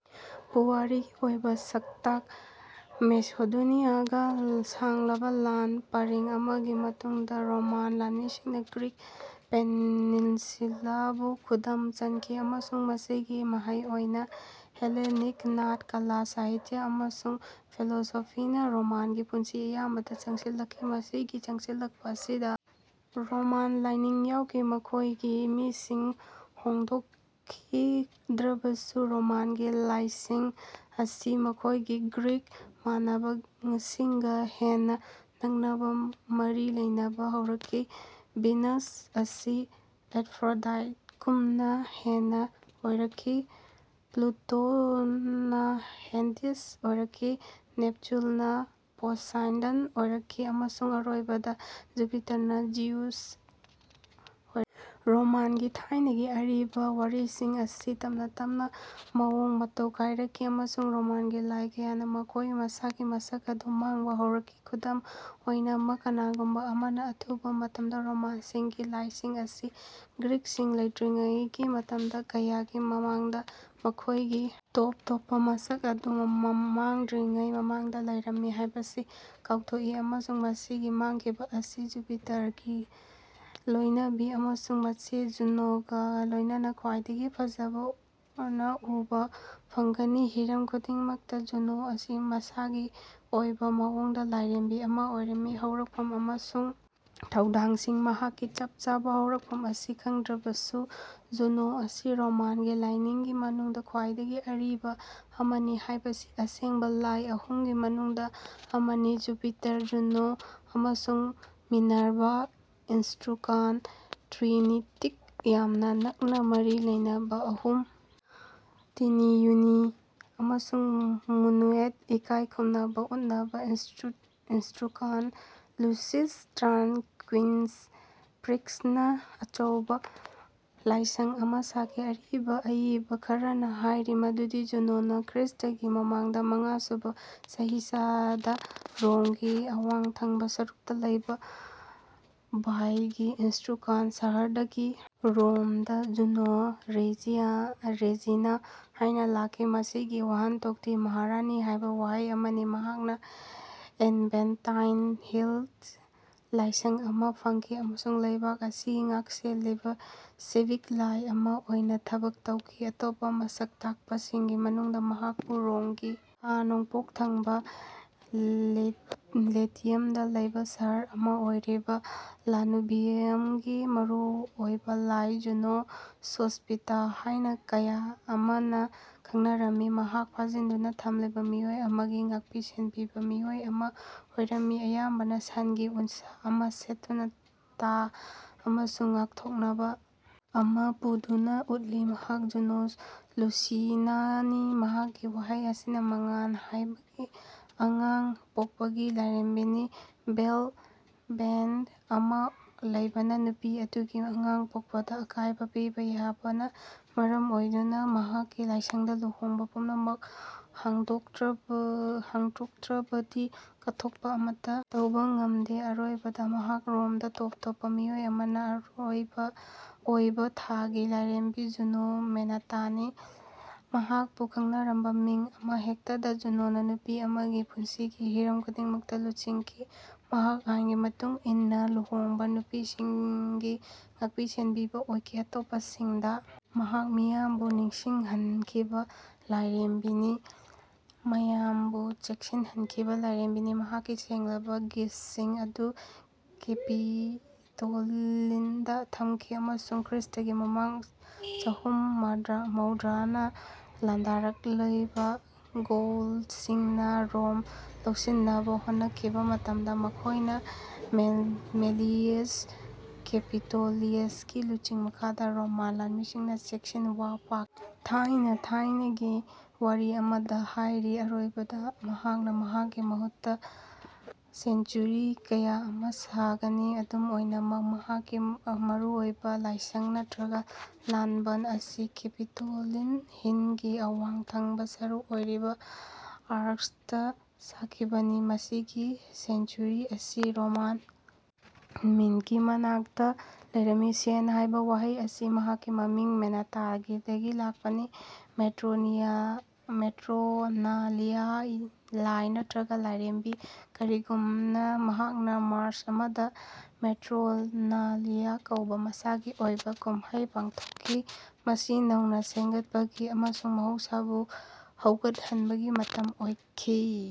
ꯄꯨꯋꯥꯔꯤꯒꯤ ꯑꯣꯏꯕ ꯁꯛꯇꯥꯛ ꯃꯦꯁꯤꯗꯣꯅꯤꯌꯥꯒ ꯁꯥꯡꯂꯕ ꯂꯥꯟ ꯄꯔꯦꯡ ꯑꯃꯒꯤ ꯃꯇꯨꯡꯗ ꯔꯣꯃꯥꯟ ꯂꯥꯟꯃꯤꯁꯤꯡꯅ ꯒ꯭ꯔꯤꯛ ꯄꯦꯅꯤꯟꯁꯨꯂꯥꯕꯨ ꯈꯨꯗꯨꯝ ꯆꯟꯈꯤ, ꯑꯃꯁꯨꯡ ꯃꯁꯤꯒꯤ ꯃꯍꯩ ꯑꯣꯏꯅ ꯍꯦꯂꯦꯅꯤꯛ ꯅꯥꯠ ꯀꯂꯥ, ꯁꯥꯍꯤꯇ꯭ꯌ ꯥ ꯑꯃꯁꯨꯡ ꯐꯤꯂꯣꯁꯣꯐꯤꯅ ꯔꯣꯃꯥꯟꯒꯤ ꯄꯨꯟꯁꯤ ꯑꯌꯥꯝꯕꯗ ꯆꯪꯁꯤꯜꯂꯛꯈꯤ꯫ ꯃꯁꯤꯒꯤ ꯆꯪꯁꯤꯜꯂꯛꯄ ꯑꯁꯤꯗ ꯔꯣꯃꯥꯟ ꯂꯥꯏꯅꯤꯡ ꯌꯥꯎꯈꯤ꯫ ꯃꯈꯣꯏꯒꯤ ꯃꯤꯡꯁꯤꯡ ꯍꯣꯡꯗꯣꯛꯈꯤꯗ꯭ꯔꯕꯁꯨ, ꯔꯣꯃꯥꯟꯒꯤ ꯂꯥꯏꯁꯤꯡ ꯑꯁꯤ ꯃꯈꯣꯏꯒꯤ ꯒ꯭ꯔꯤꯛ ꯃꯥꯟꯅꯕꯁꯤꯡꯒ ꯍꯦꯟꯅ ꯅꯛꯅꯕ ꯃꯔꯤ ꯂꯩꯅꯕ ꯍꯧꯔꯛꯈꯤ꯫ ꯚꯤꯅꯁ ꯑꯁꯤ ꯑꯦꯐ꯭ꯔꯣꯗꯥꯏꯠꯒꯨꯝꯅ ꯍꯦꯟꯅ ꯑꯣꯏꯔꯛꯈꯤ, ꯄ꯭ꯂꯨꯇꯣꯅ ꯍꯦꯗꯤꯁ ꯑꯣꯏꯔꯛꯈꯤ, ꯅꯦꯞꯇꯨꯟꯅ ꯄꯣꯁꯥꯏꯗꯟ ꯑꯣꯏꯔꯛꯈꯤ, ꯑꯃꯁꯨꯡ ꯑꯔꯣꯏꯕꯗ, ꯖꯨꯄꯤꯇꯔꯅ ꯖꯤꯎꯁ ꯑꯣꯏꯔꯛꯈꯤ꯫ ꯔꯣꯃꯥꯟꯒꯤ ꯊꯥꯏꯅꯒꯤ ꯑꯔꯤꯕ ꯋꯥꯔꯤꯁꯤꯡ ꯑꯁꯤ ꯇꯞꯅ-ꯇꯞꯅ ꯃꯋꯣꯡ-ꯃꯇꯧ ꯀꯥꯏꯔꯛꯈꯤ, ꯑꯃꯁꯨꯡ ꯔꯣꯃꯥꯟꯒꯤ ꯂꯥꯏ ꯀꯌꯥꯅ ꯃꯈꯣꯏꯒꯤ ꯃꯁꯥꯒꯤ ꯃꯁꯛ ꯑꯗꯨ ꯃꯥꯡꯕ ꯍꯧꯔꯛꯈꯤ꯫ ꯑꯗꯨꯝ ꯑꯣꯏꯅꯃꯛ, ꯀꯅꯥꯒꯨꯝꯕ ꯑꯃꯅ ꯑꯊꯨꯕ ꯃꯇꯝꯗ ꯔꯣꯃꯥꯟꯁꯤꯡꯒꯤ ꯂꯥꯏꯁꯤꯡ ꯑꯁꯤ ꯒ꯭ꯔꯤꯛꯁꯤꯡ ꯂꯥꯛꯇ꯭ꯔꯤꯉꯩꯒꯤ ꯃꯇꯝ ꯀꯌꯥꯒꯤ ꯃꯃꯥꯡꯗ, ꯃꯈꯣꯏꯒꯤ ꯇꯣꯞ-ꯇꯣꯞꯄ ꯃꯁꯛ ꯑꯗꯨ ꯃꯥꯡꯗ꯭ꯔꯤꯉꯩ ꯃꯃꯥꯡꯗ ꯂꯩꯔꯝꯃꯤ ꯍꯥꯏꯕꯁꯤ ꯀꯥꯎꯊꯣꯛꯏ꯫ ꯑꯃꯁꯨꯡ ꯃꯁꯤꯒꯤ ꯃꯥꯡꯈꯤꯕ ꯑꯁꯤ ꯖꯨꯄꯤꯇꯔꯒꯤ ꯂꯣꯏꯅꯕꯤ ꯑꯃꯁꯨꯡ ꯃꯆꯦ ꯖꯨꯅꯣꯒ ꯂꯣꯏꯅꯅ ꯈ꯭ꯋꯥꯏꯗꯒꯤ ꯐꯖꯅ ꯎꯕ ꯐꯪꯒꯅꯤ꯫ꯍꯤꯔꯝ ꯈꯨꯗꯤꯡꯃꯛꯇ, ꯖꯨꯅꯣ ꯑꯁꯤ ꯃꯁꯥꯒꯤ ꯑꯣꯏꯕ ꯃꯑꯣꯡꯗ ꯂꯥꯏꯔꯦꯝꯕꯤ ꯑꯃ ꯑꯣꯏꯔꯝꯃꯤ꯫ ꯍꯧꯔꯛꯐꯝ ꯑꯃꯁꯨꯡ ꯊꯧꯗꯥꯡꯁꯤꯡ ꯃꯍꯥꯛꯀꯤ ꯆꯞ ꯆꯥꯕ ꯍꯧꯔꯛꯐꯝ ꯑꯁꯤ ꯈꯪꯗ꯭ꯔꯕꯁꯨ, ꯖꯨꯅꯣ ꯑꯁꯤ ꯔꯣꯃꯥꯟꯒꯤ ꯂꯥꯏꯁꯤꯡꯒꯤ ꯃꯅꯨꯡꯗ ꯈ꯭ꯋꯥꯏꯗꯒꯤ ꯑꯔꯤꯕ ꯑꯃꯅꯤ, ꯍꯥꯏꯕꯗꯤ ꯑꯁꯦꯡꯕ ꯂꯥꯏ ꯑꯍꯨꯝꯒꯤ ꯃꯅꯨꯡꯗ ꯑꯃꯅꯤ ꯖꯨꯄꯤꯇꯔ, ꯖꯨꯅꯣ ꯑꯃꯁꯨꯡ ꯃꯤꯅꯔꯚꯥ ꯫ ꯏꯁꯇ꯭ꯔꯨꯀꯥꯟ ꯇ꯭ꯔꯤꯅꯤꯇꯤꯛ ꯌꯥꯝꯅ ꯅꯛꯅ ꯃꯔꯤ ꯂꯩꯅꯔꯝꯕ ꯑꯍꯨꯝ: ꯇꯤꯅꯤ, ꯌꯨꯅꯤ, ꯑꯃꯁꯨꯡ ꯃꯦꯅꯨꯔꯥꯠ ꯏꯀꯥꯏ ꯈꯨꯝꯅꯕ ꯎꯠꯅꯕ ꯏꯁꯇ꯭ꯔꯨꯀꯥꯟ ꯂꯨꯁꯤꯁ ꯇꯥꯔꯀ꯭ꯋꯤꯟꯁ ꯄ꯭ꯔꯤꯛꯁꯅ ꯑꯆꯧꯕ ꯂꯥꯏꯁꯪ ꯑꯃ ꯁꯥꯈꯤ꯫ ꯑꯔꯤꯕ ꯑꯏꯕ ꯈꯔꯅ ꯍꯥꯏꯔꯤ ꯃꯗꯨꯗꯤ ꯖꯨꯅꯣꯅ ꯈ꯭ꯔꯤꯁꯇꯥꯒꯤ ꯃꯃꯥꯡꯒꯤ ꯃꯉꯥꯁꯨꯕ ꯆꯍꯤꯆꯥꯗ ꯔꯣꯝꯒꯤ ꯑꯋꯥꯡ ꯊꯪꯕ ꯁꯔꯨꯛꯇ ꯂꯩꯕ ꯚꯦꯏꯒꯤ ꯏꯁꯇ꯭ꯔꯨꯀꯥꯟ ꯁꯍꯔꯗꯒꯤ ꯔꯣꯝꯗ ꯖꯨꯅꯣ ꯔꯦꯖꯤꯅꯥ ꯍꯥꯏꯅ ꯂꯥꯛꯈꯤ, ꯃꯁꯤꯒꯤ ꯋꯥꯍꯟꯊꯣꯛꯇꯤ ꯃꯍꯥꯔꯥꯅꯤ ꯍꯥꯏꯕ ꯋꯥꯍꯩ ꯑꯃꯅꯤ꯫ ꯃꯍꯥꯛꯅ ꯑꯦꯚꯦꯟꯇꯥꯏꯟ ꯍꯤꯜꯗ ꯂꯥꯏꯁꯪ ꯑꯃ ꯐꯪꯈꯤ ꯑꯃꯁꯨꯡ ꯂꯩꯕꯥꯛ ꯑꯁꯤꯒꯤ ꯉꯥꯛꯁꯦꯜꯂꯤꯕ, ꯁꯤꯚꯤꯛ ꯂꯥꯏ ꯑꯃ ꯑꯣꯏꯅ ꯊꯕꯛ ꯇꯧꯈꯤ꯫ ꯑꯇꯣꯞꯄ ꯃꯁꯛ ꯇꯥꯛꯄꯁꯤꯡꯒꯤ ꯃꯅꯨꯡꯗ, ꯃꯍꯥꯛꯄꯨ ꯔꯣꯝꯒꯤ ꯈꯥ-ꯅꯣꯡꯄꯣꯛ ꯊꯪꯕ ꯂꯦꯇꯤꯌꯝꯗ ꯂꯩꯕ ꯁꯍꯔ ꯑꯃ ꯑꯣꯏꯔꯤꯕ ꯂꯥꯅꯨꯚꯤꯌꯝꯒꯤ ꯃꯔꯨꯑꯣꯏꯕ ꯂꯥꯏ ꯖꯨꯅꯣ ꯁꯣꯁ꯭ꯄꯤꯇꯥ ꯍꯥꯏꯅ ꯀꯌꯥ ꯑꯃꯅ ꯈꯪꯅꯔꯝꯃꯤ꯫ ꯃꯍꯥꯛ ꯐꯥꯖꯤꯟꯗꯨꯅ ꯊꯝꯂꯤꯕ ꯃꯤꯑꯣꯏ ꯑꯃꯒꯤ ꯉꯥꯛꯄꯤ-ꯁꯦꯟꯕꯤꯕ ꯃꯤꯑꯣꯏ ꯑꯃ ꯑꯣꯏꯔꯝꯃꯤ, ꯑꯌꯥꯝꯕꯅ ꯁꯟꯒꯤ ꯎꯟꯁꯥ ꯑꯃ ꯁꯦꯠꯇꯨꯅ, ꯇꯥ ꯑꯃꯁꯨꯡ ꯉꯥꯛꯊꯣꯛꯅꯕ ꯑꯃ ꯄꯨꯗꯨꯅ ꯎꯠꯂꯤ꯫ ꯃꯍꯥꯛ ꯖꯨꯅꯣ ꯂꯨꯁꯤꯅꯥꯅꯤ, ꯃꯁꯤꯒꯤ ꯋꯥꯍꯩ ꯑꯁꯤꯅ ꯃꯉꯥꯜ ꯍꯥꯏꯕꯅꯤ, ꯑꯉꯥꯡ ꯄꯣꯛꯄꯒꯤ ꯂꯥꯏꯔꯦꯝꯕꯤꯅꯤ꯫ ꯕꯦꯜꯠ ꯑꯃ ꯂꯩꯕꯅ ꯅꯨꯄꯤ ꯑꯗꯨꯒꯤ ꯑꯉꯥꯡ ꯄꯣꯛꯄꯗ ꯑꯀꯥꯏꯕ ꯄꯤꯕ ꯌꯥꯕꯅ ꯃꯔꯝ ꯑꯣꯏꯗꯨꯅ ꯃꯍꯥꯛꯀꯤ ꯂꯥꯏꯁꯪꯗ ꯂꯨꯍꯣꯡꯕ ꯄꯨꯝꯅꯃꯛ ꯍꯥꯡꯗꯣꯛꯇ꯭ꯔꯕꯗꯤ ꯀꯠꯊꯣꯛꯄ ꯑꯃꯠꯇ ꯇꯧꯕ ꯉꯝꯈꯤꯗꯦ꯫ ꯑꯔꯣꯏꯕꯗ, ꯃꯍꯥꯛ ꯔꯣꯝꯗ ꯇꯣꯞ-ꯇꯣꯞꯄ ꯃꯤꯑꯣꯏ ꯑꯃ ꯑꯣꯏꯔꯝꯕ ꯊꯥꯒꯤ ꯂꯥꯏꯔꯦꯝꯕꯤ ꯖꯨꯅꯣ ꯃꯣꯅꯦꯇꯥꯅꯤ꯫ ꯃꯍꯥꯛꯄꯨ ꯈꯪꯅꯔꯝꯕ ꯃꯤꯡ ꯑꯃꯍꯦꯛꯇꯗ ꯖꯨꯅꯣꯅ ꯅꯨꯄꯤ ꯑꯃꯒꯤ ꯄꯨꯟꯁꯤꯒꯤ ꯍꯤꯔꯝ ꯈꯨꯗꯤꯡꯃꯛ ꯂꯨꯆꯤꯡꯈꯤ꯫ ꯃꯍꯥꯛ ꯑꯥꯏꯟꯒꯤ ꯃꯇꯨꯡ ꯏꯟꯅ ꯂꯨꯍꯣꯡꯂꯕ ꯅꯨꯄꯤꯁꯤꯡꯒꯤ ꯉꯥꯛꯄꯤ-ꯁꯦꯟꯕꯤꯕ ꯑꯣꯏꯈꯤ꯫ ꯑꯇꯣꯞꯄꯁꯤꯡꯗ ꯃꯍꯥꯛ ꯃꯤꯌꯥꯝꯕꯨ ꯅꯤꯡꯁꯤꯡꯍꯟꯈꯤꯕ ꯂꯥꯏꯔꯦꯝꯕꯤꯅꯤ, ꯃꯤꯌꯥꯝꯕꯨ ꯆꯦꯛꯁꯤꯟꯍꯟꯈꯤꯕ ꯂꯥꯏꯔꯦꯝꯕꯤꯅꯤ꯫ ꯃꯍꯥꯛꯀꯤ ꯁꯦꯡꯂꯕ ꯒꯤꯖꯁꯤꯡ ꯑꯗꯨ ꯀꯦꯄꯤꯇꯣꯂꯤꯟꯗ ꯊꯝꯈꯤ ꯑꯃꯁꯨꯡ ꯈ꯭ꯔꯤꯁꯇꯒꯤ ꯃꯃꯥꯡ ꯆꯍꯨꯝ ꯃꯧꯗ꯭ꯔꯥꯗ ꯂꯥꯟꯗꯥꯔꯛꯂꯤꯕ ꯒꯧꯜꯁꯤꯡꯅ ꯔꯣꯝ ꯂꯧꯁꯤꯟꯅꯕ ꯍꯣꯠꯅꯈꯤꯕ ꯃꯇꯝꯗ ꯃꯈꯣꯏꯅ ꯃꯦꯟꯂꯤꯌꯁ ꯀꯦꯄꯤꯇꯣꯂꯤꯅꯁꯀꯤ ꯂꯨꯆꯤꯡ ꯃꯈꯥꯗ ꯔꯣꯃꯥꯟ ꯂꯥꯟꯃꯤꯁꯤꯡꯗ ꯆꯦꯛꯁꯤꯟꯋꯥ ꯄꯤꯈꯤ ꯍꯥꯏꯅ ꯊꯥꯏꯅꯒꯤ ꯋꯥꯔꯤ ꯑꯃꯗ ꯍꯥꯏꯔꯤ꯫ ꯑꯔꯣꯏꯕꯗ, ꯃꯍꯥꯛꯅ ꯃꯍꯥꯛꯀꯤ ꯃꯍꯨꯠꯇ ꯁꯦꯟꯆꯨꯔꯤ ꯀꯌꯥ ꯑꯃ ꯁꯥꯒꯅꯤ꯫ ꯑꯗꯨꯝ ꯑꯣꯏꯅꯃꯛ, ꯃꯍꯥꯛꯀꯤ ꯃꯔꯨꯑꯣꯏꯕ ꯂꯥꯏꯁꯪ ꯅꯠꯇ꯭ꯔꯒ ꯂꯥꯟꯕꯟ ꯑꯁꯤ ꯀꯦꯄꯤꯇꯣꯂꯤꯟ ꯍꯤꯜꯒꯤ ꯑꯋꯥꯡ ꯊꯪꯕ ꯁꯔꯨꯛ ꯑꯣꯏꯔꯤꯕ ꯑꯥꯔꯛꯁꯇ ꯁꯥꯈꯤꯕꯅꯤ꯫ ꯃꯁꯤꯒꯤ ꯁꯦꯟꯆꯨꯔꯤ ꯑꯁꯤ ꯔꯣꯃꯥꯟ ꯃꯤꯟꯠꯀꯤ ꯃꯅꯥꯛꯇ ꯂꯩꯔꯝꯃꯤ; ꯁꯦꯜ ꯍꯥꯏꯕ ꯋꯥꯍꯩ ꯑꯁꯤ ꯃꯍꯥꯛꯀꯤ ꯃꯃꯤꯡ ꯃꯣꯅꯦꯇꯥꯗꯒꯤ ꯂꯥꯛꯄꯅꯤ꯫ ꯃꯦꯇ꯭ꯔꯣꯅꯥꯂꯤꯌꯥ ꯂꯥꯏ ꯅꯠꯇ꯭ꯔꯒ ꯂꯥꯏꯔꯦꯝꯕꯤ ꯀꯌꯥꯒꯨꯝꯅ, ꯃꯍꯥꯛꯅ ꯃꯥꯔꯆ ꯑꯃꯗ ꯃꯦꯇ꯭ꯔꯣꯅꯥꯂꯤꯌꯥ ꯀꯧꯕ ꯃꯁꯥꯒꯤ ꯑꯣꯏꯕ ꯀꯨꯝꯍꯩ ꯄꯥꯡꯊꯣꯛꯈꯤ, ꯃꯁꯤ ꯅꯧꯅ ꯁꯦꯝꯒꯠꯄꯒꯤ ꯑꯃꯁꯨꯡ ꯃꯍꯧꯁꯥꯕꯨ ꯍꯧꯒꯠꯍꯟꯕꯒꯤ ꯃꯇꯝ ꯑꯣꯏꯈꯤ꯫